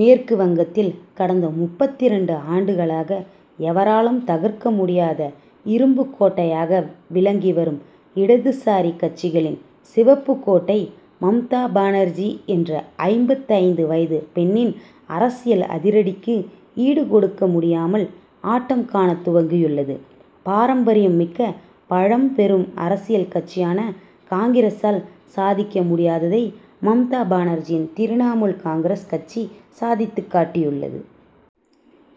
மேற்கு வங்கத்தில் கடந்த முப்பத்திரண்டு ஆண்டுகளாக எவராலும் தகர்க்க முடியாத இரும்புக் கோட்டையாக விளங்கி வரும் இடதுசாரி கட்சிகளின் சிவப்பு கோட்டை மம்தா பானர்ஜி என்ற ஐம்பத்தைந்து வயது பெண்ணின் அரசியல் அதிரடிக்கு ஈடுகொடுக்க முடியாமல் ஆட்டம் காணத் துவங்கியுள்ளது. பாரம்பரியம் மிக்க பழம் பெரும் அரசியல் கட்சியான காங்கிரசால் சாதிக்க முடியாததை மம்தா பானர்ஜியின் திரிணமுல் காங்கிரஸ் கட்சி சாதித்துக் காட்டியுள்ளது.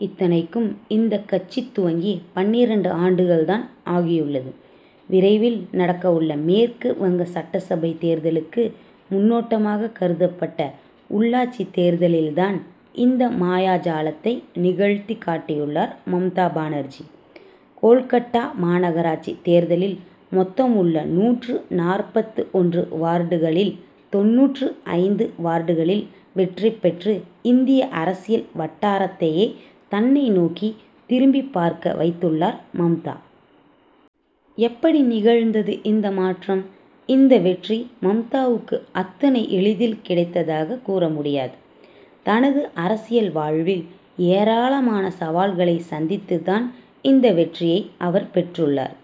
இத்தனைக்கும் இந்த கட்சி துவங்கி பன்னிரண்டு ஆண்டுகள் தான் ஆகியுள்ளது. விரைவில் நடக்கவுள்ள மேற்கு வங்க சட்டசபை தேர்தலுக்கு முன்னோட்டமாக கருதப்பட்ட உள்ளாட்சி தேர்தலில் தான் இந்த மாயாஜாலத்தை நிகழ்த்திக் காட்டியுள்ளார் மம்தா பானர்ஜி. கோல்கட்டா மாநகராட்சி தேர்தலில் மொத்தம் உள்ள நூற்று நாற்பத்து ஒன்று வார்டுகளில் தொண்ணூற்று ஐந்து வார்டுகளில் வெற்றி பெற்று இந்திய அரசியல் வட்டாரத்தையே தன்னை நோக்கி திரும்பி பார்க்க வைத்துள்ளார் மம்தா. எப்படி நிகழ்ந்தது இந்த மாற்றம்? இந்த வெற்றி மம்தாவுக்கு அத்தனை எளிதில் கிடைத்ததாக கூற முடியாது. தனது அரசியல் வாழ்வில் ஏராளமான சவால்களை சந்தித்து தான் இந்த வெற்றியை அவர் பெற்றுள்ளார்.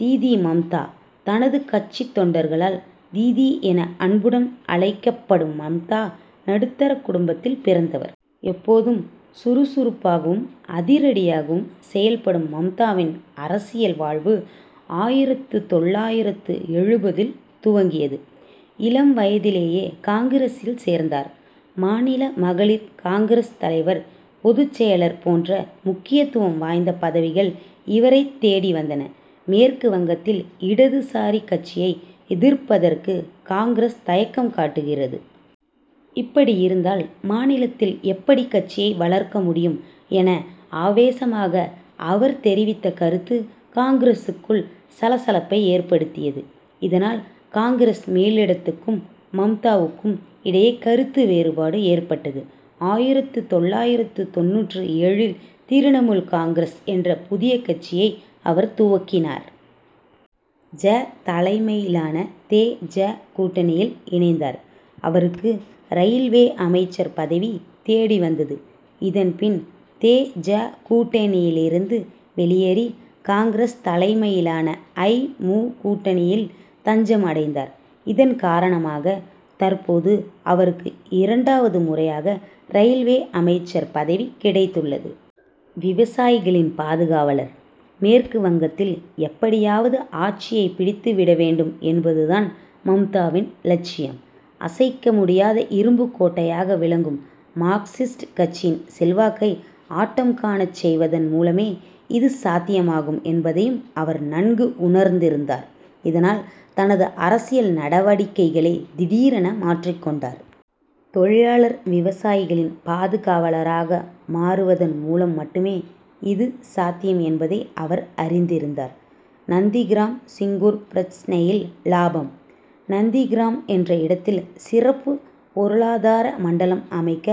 தீதி மம்தா: தனது கட்சித் தொண்டர்களால் தீதி என அன்புடன் அழைக்கப்படும் மம்தா நடுத்தர குடும்பத்தில் பிறந்தவர். எப்போதும் சுறுசுறுப்பாகவும் அதிரடியாகவும் செயல்படும் மம்தாவின் அரசியல் வாழ்வு ஆயிரத்து தொள்ளாயிரத்து எழுபதில் துவங்கியது. இளம் வயதிலேயே காங்கிரசில் சேர்ந்தார். மாநில மகளிர் காங்கிரஸ் தலைவர் பொதுச்செயலர் போன்ற முக்கியத்துவம் வாய்ந்த பதவிகள் இவரைத் தேடி வந்தன. மேற்கு வங்கத்தில் இடதுசாரி கட்சியை எதிர்ப்பதற்கு காங்கிரஸ் தயக்கம் காட்டுகிறது. இப்படி இருந்தால் மாநிலத்தில் எப்படி கட்சியை வளர்க்க முடியும் என ஆவேசமாக அவர் தெரிவித்த கருத்து காங்கிரசுக்குள் சல சலப்பை ஏற்படுத்தியது. இதனால் காங்கிரஸ் மேலிடத்துக்கும் மம்தாவுக்கும் இடையே கருத்து வேறுபாடு ஏற்பட்டது. ஆயிரத்து தொள்ளாயிரத்து தொண்ணூற்று ஏழில் திரிணமுல் காங்கிரஸ் என்ற புதிய கட்சியை அவர் துவக்கினார். ஜ. தலைமையிலான தே. ஜ. கூட்டணியில் இணைந்தார். அவருக்கு ரயில்வே அமைச்சர் பதவி தேடி வந்தது. இதன் பின் தே. ஜ. கூட்டணியிலிருந்து வெளியேறி காங்கிரஸ் தலைமையிலான ஐ. மு. கூட்டணியில் தஞ்சம் அடைந்தார். இதன் காரணமாக தற்போது அவருக்கு இரண்டாவது முறையாக ரயில்வே அமைச்சர் பதவி கிடைத்துள்ளது. விவசாயிகளின் பாதுகாவலர்: மேற்கு வங்கத்தில் எப்படியாவது ஆட்சியை பிடித்து விட வேண்டும் என்பது தான் மம்தாவின் இலட்சியம். அசைக்க முடியாத இரும்புக் கோட்டையாக விளங்கும் மார்க்சிஸ்ட் கட்சியின் செல்வாக்கை ஆட்டம் காணச் செய்வதன் மூலமே இது சாத்தியமாகும் என்பதையும் அவர் நன்கு உணர்ந்திருந்தார். இதனால் தனது அரசியல் நடவடிக்கைகளை திடீரென மாற்றிக் கொண்டார். தொழிலாளர் விவசாயிகளின் பாதுகாவலராக மாறுவதன் மூலம் மட்டுமே இது சாத்தியம் என்பதை அவர் அறிந்திருந்தார். நந்திகிராம் சிங்கூர் பிரச்னையில் லாபம்: நந்திகிராம் என்ற இடத்தில் சிறப்பு பொருளாதார மண்டலம் அமைக்க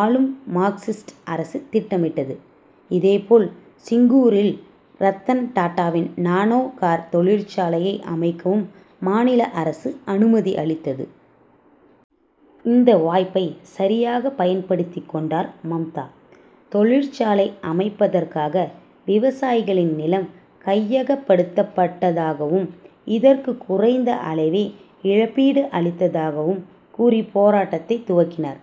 ஆளும் மார்க்சிஸ்ட் அரசு திட்டமிட்டது. இதேபோல் சிங்கூரில் ரத்தன் டாடாவின் நானோ கார் தொழிற்சாலையை அமைக்கவும் மாநில அரசு அனுமதி அளித்தது. இந்த வாய்ப்பை சரியாக பயன்படுத்தி கொண்டார் மம்தா. தொழிற்சாலை அமைப்பதற்காக விவசாயிகளின் நிலம் கையகப்படுத்தப்பட்டதாகவும் இதற்கு குறைந்த அளவே இழப்பீடு அளித்ததாகவும் கூறி போராட்டத்தை துவக்கினார்.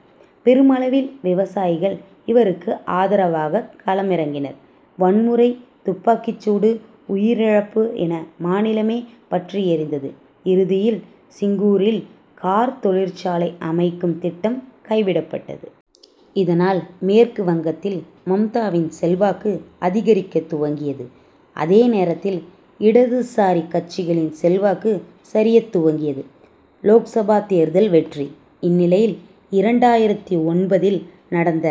பெருமளவில் விவசாயிகள் இவருக்கு ஆதரவாக களமிறங்கினர். வன்முறை துப்பாக்கி சூடு உயிரிழப்பு என மாநிலமே பற்றி எரிந்தது. இறுதியில் சிங்கூரில் கார் தொழிற்சாலை அமைக்கும் திட்டம் கைவிடப்பட்டது. இதனால் மேற்கு வங்கத்தில் மம்தாவின் செல்வாக்கு அதிகரிக்க துவங்கியது. அதே நேரத்தில் இடதுசாரி கட்சிகளின் செல்வாக்கு சரியத் துவங்கியது. லோக்சபா தேர்தல் வெற்றி: இந்நிலையில் இரண்டாயிரத்து ஒன்பதில் நடந்த